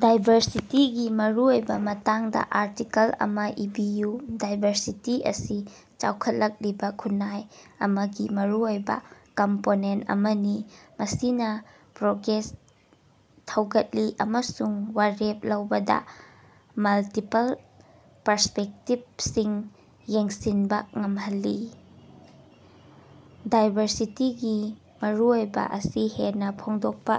ꯗꯥꯏꯕꯔꯁꯤꯇꯤꯒꯤ ꯃꯔꯨꯑꯣꯏꯕꯒꯤ ꯃꯇꯥꯡꯗ ꯑꯥꯔꯇꯤꯀꯜ ꯑꯃꯥ ꯏꯕꯤꯌꯨ꯫ ꯗꯥꯏꯕꯔꯁꯤꯇꯤ ꯑꯁꯤ ꯆꯥꯎꯈꯠꯂꯛꯂꯤꯕ ꯈꯨꯟꯅꯥꯏ ꯑꯃꯒꯤ ꯃꯔꯨꯑꯣꯏꯕ ꯀꯝꯄꯣꯅꯦꯟꯇ ꯑꯃꯅꯤ, ꯃꯁꯤꯅꯥ ꯄ꯭ꯔꯣꯒ꯭ꯔꯦꯁ ꯊꯧꯒꯠꯂꯤ ꯑꯃꯁꯨꯡ ꯋꯥꯔꯦꯞ ꯂꯧꯕꯗ ꯃꯜꯇꯤꯄꯜ ꯄꯔꯁ꯭ꯄꯦꯛꯇꯤꯕꯁꯤꯡ ꯌꯦꯡꯁꯤꯟꯕ ꯉꯝꯍꯜꯂꯤ꯫ ꯗꯥꯏꯕꯔꯁꯤꯇꯤꯒꯤ ꯃꯔꯨꯑꯣꯏꯕ ꯑꯁꯤ ꯍꯦꯟꯅ ꯐꯣꯡꯗꯣꯛꯄ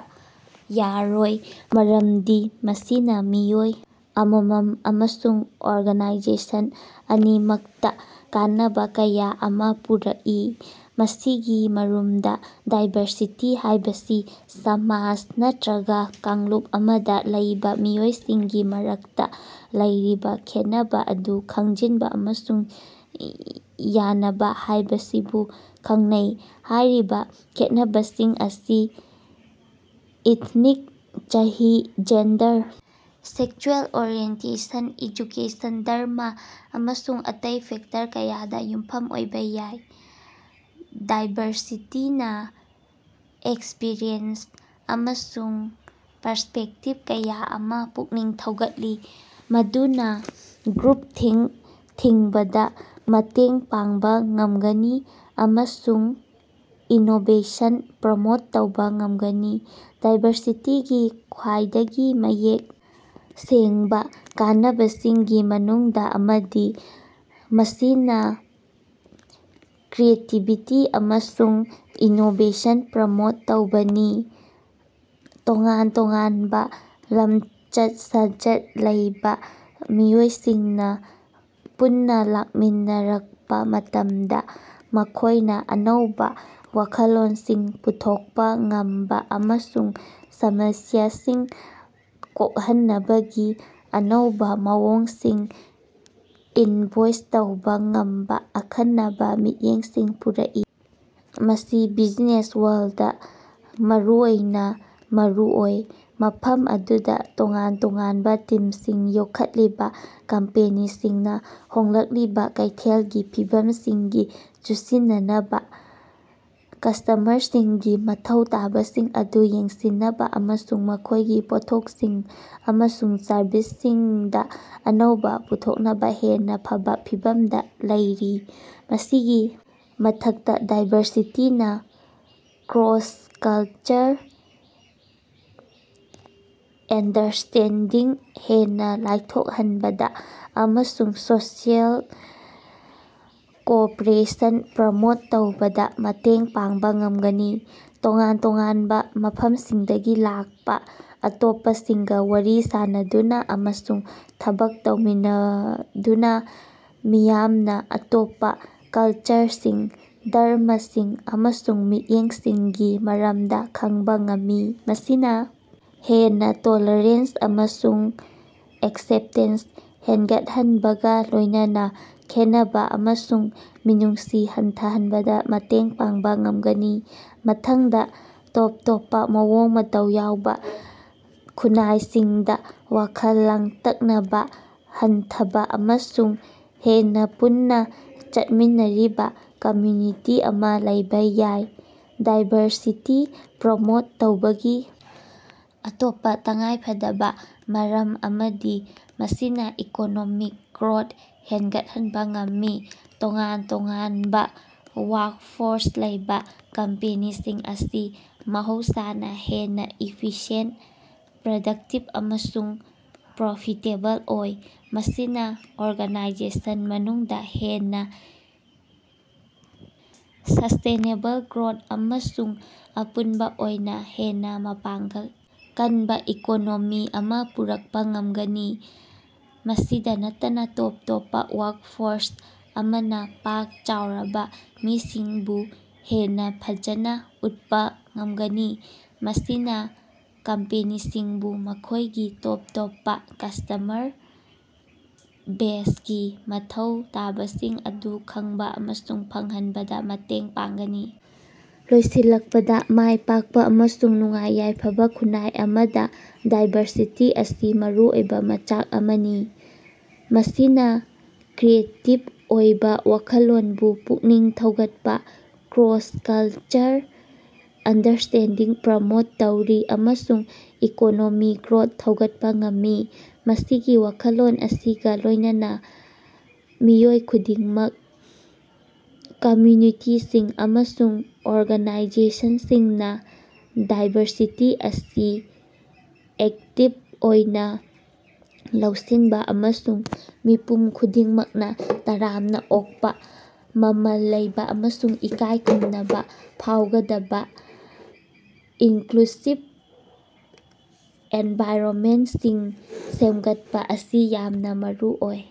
ꯌꯥꯔꯣꯏ, ꯃꯔꯝꯗꯤ ꯃꯁꯤꯅ ꯃꯤꯑꯣꯏ ꯑꯃꯃꯝ ꯑꯃꯁꯨꯡ ꯑꯣꯔꯒꯅꯥꯏꯖꯦꯁꯟ ꯑꯅꯤꯃꯛꯇ ꯀꯥꯟꯅꯕ ꯀꯌ ꯑꯃ ꯄꯨꯔꯛꯏ꯫ ꯃꯁꯤꯒꯤ ꯃꯔꯨꯝꯗ, ꯗꯥꯏꯕꯔꯁꯤꯇꯤ ꯍꯥꯏꯕꯁꯤ ꯁꯃꯥꯖ ꯅꯠꯇꯔꯒ ꯀꯥꯡꯂꯨꯞ ꯑꯃꯗ ꯂꯩꯕ ꯃꯤꯑꯣꯏꯁꯤꯡꯒꯤ ꯃꯔꯛꯇ ꯂꯩꯔꯤꯕ ꯈꯦꯠꯅꯕ ꯑꯗꯨ ꯈꯪꯖꯤꯟꯕ ꯑꯃꯁꯨꯡ ꯌꯥꯅꯕ ꯍꯥꯏꯕꯁꯤꯕꯨ ꯈꯪꯅꯩ꯫ ꯍꯥꯏꯔꯤꯕ ꯈꯦꯠꯅꯕꯁꯤꯡ ꯑꯁꯤ ꯏꯊꯅꯤꯛ, ꯆꯍꯤ, ꯖꯦꯟꯗꯔ, ꯁꯦꯛꯁꯨꯑꯦꯜ ꯑꯣꯔꯤꯑꯦꯟꯇꯦꯁꯟ, ꯑꯦꯖꯨꯀꯦꯁꯟ, ꯙꯔꯝ ꯑꯃꯁꯨꯡ ꯑꯇꯩ ꯐꯦꯛꯇꯔ ꯀꯌꯥꯗ ꯌꯨꯝꯐꯝ ꯑꯣꯏꯕ ꯌꯥꯏ꯫ ꯗꯥꯏꯕꯔꯁꯤꯇꯤꯅ ꯑꯦꯛꯁꯄꯔꯤꯌꯦꯟꯁ ꯑꯃꯁꯨꯡ ꯄꯔꯁ꯭ꯄꯦꯛꯇꯤꯕ ꯀꯌꯥ ꯑꯃ ꯄꯨꯛꯅꯤꯡ ꯊꯧꯒꯠꯂꯤ, ꯃꯗꯨꯅ ꯒ꯭ꯔꯨꯄꯊꯤꯡꯀ ꯊꯤꯡꯕꯗ ꯃꯇꯦꯡ ꯄꯥꯡꯕ ꯉꯝꯒꯅꯤ ꯑꯃꯁꯨꯡ ꯏꯅꯣꯕꯦꯁꯟ ꯄ꯭ꯔꯃꯣꯠ ꯇꯧꯕ ꯉꯝꯒꯅꯤ꯫ ꯗꯥꯏꯕꯔꯁꯤꯇꯤꯒꯤ ꯈ꯭ꯋꯥꯏꯗꯒꯤ ꯃꯌꯦꯛ ꯁꯦꯡꯕ ꯀꯥꯟꯅꯕꯁꯤꯡꯒꯤ ꯃꯅꯨꯡꯗ ꯑꯃꯗꯤ ꯃꯁꯤꯅ ꯀ꯭ꯔꯤꯌꯦꯇꯤꯕꯤꯇꯤ ꯑꯃꯁꯨꯡ ꯏꯅꯣꯕꯦꯁꯟ ꯄ꯭ꯔꯃꯣꯠ ꯇꯧꯕꯅꯤ꯫ ꯇꯣꯉꯥꯟ-ꯇꯣꯉꯥꯟꯕ ꯂꯝꯆꯠ-ꯁꯥꯖꯠ ꯂꯩꯕ ꯃꯤꯑꯣꯏꯁꯤꯡꯅ ꯄꯨꯟꯅ ꯂꯥꯛꯃꯤꯟꯅꯔꯛꯄ ꯃꯇꯝꯗ ꯃꯈꯣꯏꯅ ꯑꯅꯧꯕ ꯋꯥꯈꯜꯂꯣꯟꯁꯤꯡ ꯄꯨꯊꯣꯛꯄ ꯉꯝꯕ ꯑꯃꯁꯨꯡ ꯁꯃꯁ꯭ꯌꯥꯁꯤꯡ ꯀꯣꯛꯍꯟꯅꯕꯒꯤ ꯑꯅꯧꯕ ꯃꯑꯣꯡꯁꯤꯡ ꯏꯟꯚꯣꯏꯁ ꯇꯧꯕ ꯉꯝꯕ ꯑꯈꯟꯅꯕ ꯃꯤꯠꯌꯦꯡꯁꯤꯡ ꯄꯨꯔꯛꯏ꯫ ꯃꯁꯤ ꯕꯤꯖꯤꯅꯦꯁ ꯋꯥꯔꯜꯗꯇꯥ ꯃꯔꯨꯑꯣꯏꯅ ꯃꯔꯨꯑꯣꯏ, ꯃꯐꯝ ꯑꯗꯨꯗ ꯇꯣꯉꯥꯟ ꯇꯣꯉꯥꯟꯕ ꯇꯤꯝꯁꯤꯡ ꯌꯣꯛꯈꯠꯂꯤꯕꯥ ꯀꯝꯄꯦꯅꯤꯁꯤꯡꯅ ꯍꯣꯡꯂꯛꯂꯤꯕ ꯀꯩꯊꯦꯜꯒꯤ ꯐꯤꯚꯝꯁꯤꯡꯒꯤ ꯆꯨꯁꯤꯟꯅꯅꯕ, ꯀꯁ꯭ꯇꯃꯔꯁꯤꯡꯒꯤ ꯃꯊꯧ ꯇꯥꯕꯁꯤꯡ ꯑꯗꯨ ꯌꯦꯡꯁꯤꯟꯅꯕ ꯑꯃꯁꯨꯡ ꯃꯈꯣꯏꯒꯤ ꯄꯣꯠꯊꯣꯛꯁꯤꯡ ꯑꯃꯁꯨꯡ ꯁꯔꯕꯤꯁꯁꯤꯡꯗꯥ ꯑꯅꯧꯕ ꯄꯨꯊꯣꯛꯅꯕ ꯍꯦꯟꯅ ꯐꯕ ꯐꯤꯚꯝꯗ ꯂꯩꯔꯤ꯫ ꯃꯁꯤꯒꯤ ꯃꯊꯛꯇ, ꯗꯥꯏꯕꯔꯁꯤꯇꯤꯅ ꯀ꯭ꯔꯣꯁ-ꯀꯜꯆꯔ ꯑꯟꯗꯔꯁ꯭ꯇꯦꯟꯗꯤꯡ ꯍꯦꯟꯅ ꯂꯥꯏꯊꯣꯛꯍꯟꯕꯗ ꯑꯃꯁꯨꯡ ꯁꯣꯁꯤꯑꯦꯜ ꯀꯣꯑꯣꯄꯔꯦꯁꯟ ꯄ꯭ꯔꯃꯣꯠ ꯇꯧꯕꯗ ꯃꯇꯦꯡ ꯄꯥꯡꯕ ꯉꯝꯒꯅꯤ꯫ ꯇꯣꯉꯥꯟ-ꯇꯣꯉꯥꯟꯕ ꯃꯐꯝꯁꯤꯡꯗꯒꯤ ꯂꯥꯛꯄꯥ ꯑꯇꯣꯞꯄꯁꯤꯡꯒ ꯋꯥꯔꯤ ꯁꯥꯅꯗꯨꯅ ꯑꯃꯁꯨꯡ ꯊꯕꯛ ꯇꯧꯃꯤꯟꯅꯗꯨꯅ ꯃꯤꯌꯥꯝꯅ ꯑꯇꯣꯞꯄ ꯀꯜꯆꯔꯁꯤꯡ, ꯙꯔꯝꯃꯁꯤꯡ ꯑꯃꯁꯨꯡ ꯃꯤꯠꯌꯦꯡꯁꯤꯡꯒꯤ ꯃꯔꯝꯗ ꯈꯪꯕ ꯉꯝꯃꯤ꯫ ꯃꯁꯤꯅ ꯍꯦꯟꯅ ꯇꯣꯜꯔꯦꯟꯁ ꯑꯃꯁꯨꯡ ꯑꯦꯛꯁꯦꯞꯇꯦꯟꯁ ꯍꯦꯟꯒꯠꯍꯟꯕꯒ ꯂꯣꯏꯅꯅ ꯈꯦꯟꯅꯕ ꯑꯃꯁꯨꯡ ꯃꯤꯅꯨꯡꯁꯤ ꯍꯟꯊꯍꯟꯕꯗ ꯃꯇꯦꯡ ꯄꯥꯡꯕ ꯉꯝꯒꯅꯤ꯫ ꯃꯊꯪꯗ, ꯇꯣꯞ ꯇꯣꯞꯄ ꯃꯑꯣꯡ-ꯃꯇꯧ ꯌꯥꯎꯕ ꯈꯨꯟꯅꯥꯏꯁꯤꯡꯗ ꯋꯥꯈꯜ ꯂꯥꯡꯇꯛꯅꯕ ꯍꯟꯊꯕ ꯑꯃꯁꯨꯡ ꯍꯦꯟꯅ ꯄꯨꯟꯅ ꯆꯠꯃꯤꯟꯅꯔꯤꯕ ꯀꯝꯌꯨꯅꯤꯇꯤ ꯑꯃ ꯂꯩꯕꯥ ꯌꯥꯏ꯫ ꯗꯥꯏꯕꯔꯁꯤꯇꯤ ꯄ꯭ꯔꯃꯣꯠ ꯇꯧꯕꯒꯤ ꯑꯇꯣꯞꯄꯥ ꯇꯉꯥꯏꯐꯗꯕ ꯃꯔꯝ ꯑꯃꯗꯤ ꯃꯁꯤꯅ ꯏꯀꯣꯅꯣꯃꯤꯛ ꯒ꯭ꯔꯣꯊ ꯍꯦꯡꯒꯠꯍꯟꯕ ꯉꯝꯃꯤ꯫ ꯇꯣꯉꯥꯟ ꯇꯣꯉꯥꯟꯕ ꯋꯥꯔꯛꯐꯣꯔꯁ ꯂꯩꯕ ꯀꯝꯄꯦꯅꯤꯁꯤꯡ ꯑꯁꯤ ꯃꯍꯧꯁꯥꯅ ꯍꯦꯟꯅ ꯏꯐꯤꯁꯤꯌꯦꯟꯇ, ꯄ꯭ꯔꯗꯛꯇꯤꯕ ꯑꯃꯁꯨꯡ ꯄ꯭ꯔꯣꯐꯤꯇꯦꯕꯜ ꯑꯣꯏ꯫ ꯃꯁꯤꯅ ꯑꯣꯔꯒꯅꯥꯏꯖꯦꯁꯟ ꯃꯅꯨꯡꯗ ꯍꯦꯟꯅꯥ ꯁꯁ꯭ꯇꯦꯅꯦꯕꯜ ꯒ꯭ꯔꯣꯊ ꯑꯃꯁꯨꯡ ꯑꯄꯨꯟꯕ ꯑꯣꯏꯅ ꯍꯦꯟꯅ ꯃꯄꯥꯡꯒꯜ ꯀꯟꯕ ꯏꯀꯣꯅꯣꯃꯤ ꯑꯃ ꯄꯨꯔꯛꯄ ꯉꯝꯒꯅꯤ꯫ ꯃꯁꯤꯗ ꯅꯠꯇꯅ, ꯇꯣꯞ ꯇꯣꯞꯄ ꯋꯥꯔꯛꯐꯣꯔꯁ ꯑꯃꯅ ꯄꯥꯛ ꯆꯥꯎꯔꯕ ꯃꯤꯁꯤꯡꯕꯨ ꯍꯦꯟꯅ ꯐꯖꯅ ꯎꯠꯄ ꯉꯝꯒꯅꯤ, ꯃꯁꯤꯅ ꯀꯝꯄꯦꯅꯤꯁꯤꯡꯕꯨ ꯃꯈꯣꯏꯒꯤ ꯇꯣꯞ ꯇꯣꯞꯄ ꯀꯁ꯭ꯇꯃꯔ ꯕꯦꯖꯒꯤ ꯃꯊꯧ ꯇꯥꯕꯁꯤꯡ ꯑꯗꯨ ꯈꯪꯕ ꯑꯃꯁꯨꯡ ꯐꯪꯍꯟꯕꯗ ꯃꯇꯦꯡ ꯄꯥꯡꯒꯅꯤ꯫ ꯂꯣꯏꯁꯤꯜꯂꯛꯄꯗ, ꯃꯥꯏꯄꯥꯛꯄ ꯑꯃꯁꯨꯡ ꯅꯨꯡꯉꯥꯏ-ꯌꯥꯏꯐꯕ ꯈꯨꯟꯅꯥꯏ ꯑꯃꯗꯥ ꯗꯥꯏꯕꯔꯁꯤꯇꯤ ꯑꯁꯤ ꯃꯔꯨꯑꯣꯏꯕ ꯃꯆꯥꯛ ꯑꯃꯅꯤ꯫ ꯃꯁꯤꯅ ꯀ꯭ꯔꯤꯌꯦꯇꯤꯕ ꯑꯣꯏꯕ ꯋꯥꯈꯜꯂꯣꯟꯕꯨ ꯄꯨꯛꯅꯤꯡ ꯊꯧꯒꯠꯄꯥ, ꯀ꯭ꯔꯣꯁ-ꯀꯜꯆꯔꯦꯜ ꯑꯟꯗꯔꯁ꯭ꯇꯦꯟꯗꯤꯡ ꯄ꯭ꯔꯃꯣꯠ ꯇꯧꯔꯤ ꯑꯃꯁꯨꯡ ꯏꯀꯣꯅꯣꯃꯤꯛ ꯒ꯭ꯔꯣꯊ ꯊꯧꯒꯠꯄ ꯉꯝꯃꯤ꯫ ꯃꯁꯤꯒꯤ ꯋꯥꯈꯜꯂꯣꯟ ꯑꯁꯤꯒ ꯂꯣꯏꯅꯅ, ꯃꯤꯑꯣꯏ ꯈꯨꯗꯤꯡꯃꯛ, ꯀꯝꯌꯨꯅꯤꯇꯤꯁꯤꯡ ꯑꯃꯁꯨꯡ ꯑꯣꯔꯒꯥꯅꯥꯏꯖꯦꯁꯟꯁꯤꯡꯅ ꯗꯥꯏꯕꯔꯁꯤꯇꯤ ꯑꯁꯤ ꯑꯦꯛꯇꯤꯕ ꯑꯣꯏꯅ ꯂꯧꯁꯤꯟꯕ ꯑꯃꯁꯨꯡ ꯃꯤꯄꯨꯝ ꯈꯨꯗꯤꯡꯃꯛꯅ ꯇꯔꯥꯝꯅ ꯑꯣꯛꯄꯥ, ꯃꯃꯜ ꯂꯩꯕꯥ ꯑꯃꯁꯨꯡ ꯏꯀꯥꯏ ꯈꯨꯝꯅꯕ ꯐꯥꯎꯒꯗꯕ ꯏꯟꯀ꯭ꯂꯨꯁꯤꯕ ꯑꯦꯟꯚꯥꯏꯔꯣꯟꯃꯦꯟꯇꯁꯤꯡ ꯁꯦꯝꯒꯠꯄꯥ ꯑꯁꯤ ꯌꯥꯝꯅ ꯃꯔꯨꯑꯣꯏ꯫।